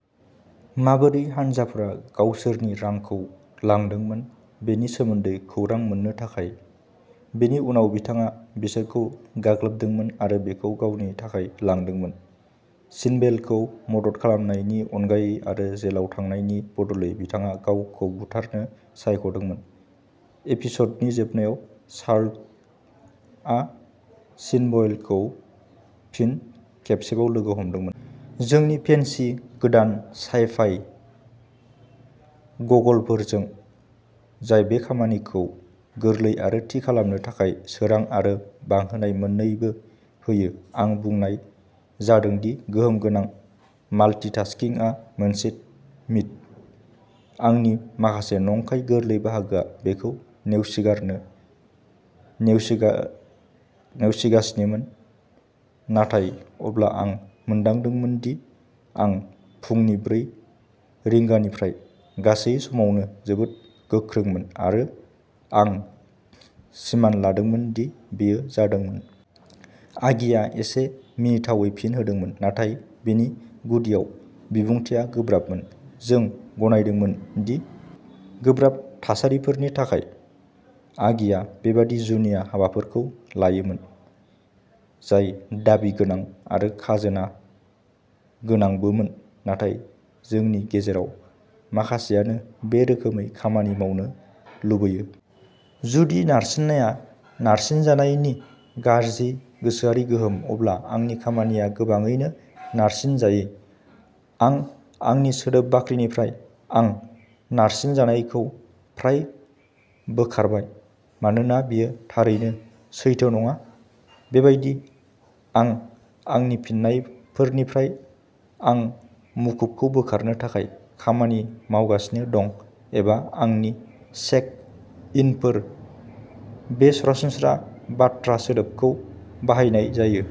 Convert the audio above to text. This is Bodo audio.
माबोरै हान्जाफोरा गावसोरनि रांखौ लांदोंमोन बेनि सोमोन्दै खौरां मोन्नो थाखाय। बेनि उनाव बिथाङा बिसोरखौ गाग्लोबदोंमोन आरो बेखौ गावनि थाखाय लांदोंमोन। शिनवेलखौ मदद खालामनायनि अनगायै आरो जेलाव थांनायनि बदलै बिथाङा गावखौ बुथारनो सायख'दोंमोन। एपिस'डनि जोबनायाव, शार्लकआ शिनवेलखौ फिन खेबसेबाव लोगो हमदोंमोन। जोंनि फेन्सी गोदान साइ-फाइ गगलफोरजों, जाय बे खामानिखौ गोरलै आरो थि खालामनो थाखाय सोरां आरो बांहोनाय मोन्नैबो होयो। आं बुंनाय जादों दि गोहोम गोनां माल्टिटास्किंआ मोनसे मिथ। आंनि माखासे नंखाय गोरलै बाहागोआ बेखौ नेवसिगारनो नेवसिगा नेवसिगासिनोमोन, नाथाय अब्ला आं मोनदांदोंमोन दि आं फुंनि ब्रै रिंगानिफ्राय गासै समावनो जोबोद गोख्रोंमोन आरो आं सिमान लादोंमोन दि बेयो जादोंमोन। आगिआ एसे मिनिथावै फिन होदोंमोन, नाथाय बेनि गुदियाव बिबुंथिआ गोब्राबमोन। जों गनायदोंमोन दि गोब्राब थासारिफोरनि थाखाय, आगिया बेबादि जुनिया हाबाफोरखौ लायोमोन, जाय दाबि गोनां आरो खाजोना गोनांबोमोन। नाथाय जोंनि गेजेराव माखासेआनो बे रोखोमै खामानि मावनो लुबैयो। जुदि नारसिननाया नारसिनजानायनि गाज्रि गोसोआरि गोहोम, अब्ला आंनि खामानिया गोबाङैनो नारसिनजायै। आं आंनि सोदोब बाख्रिनिफ्राय आं नारसिनजानायखौ फ्राय बोखारबाय, मानोना बेयो थारैनो सैथो नङा। बेबायदि, आं आंनि फिन्नायफोरनिफ्राय आं मुखुबखौ बोखारनो थाखाय खामानि मावगासिनो दं एबा आंनि चेक-इनफोर। बे सरासनस्रा बाथ्रा सोदोबखौ बाहायनाय जायो।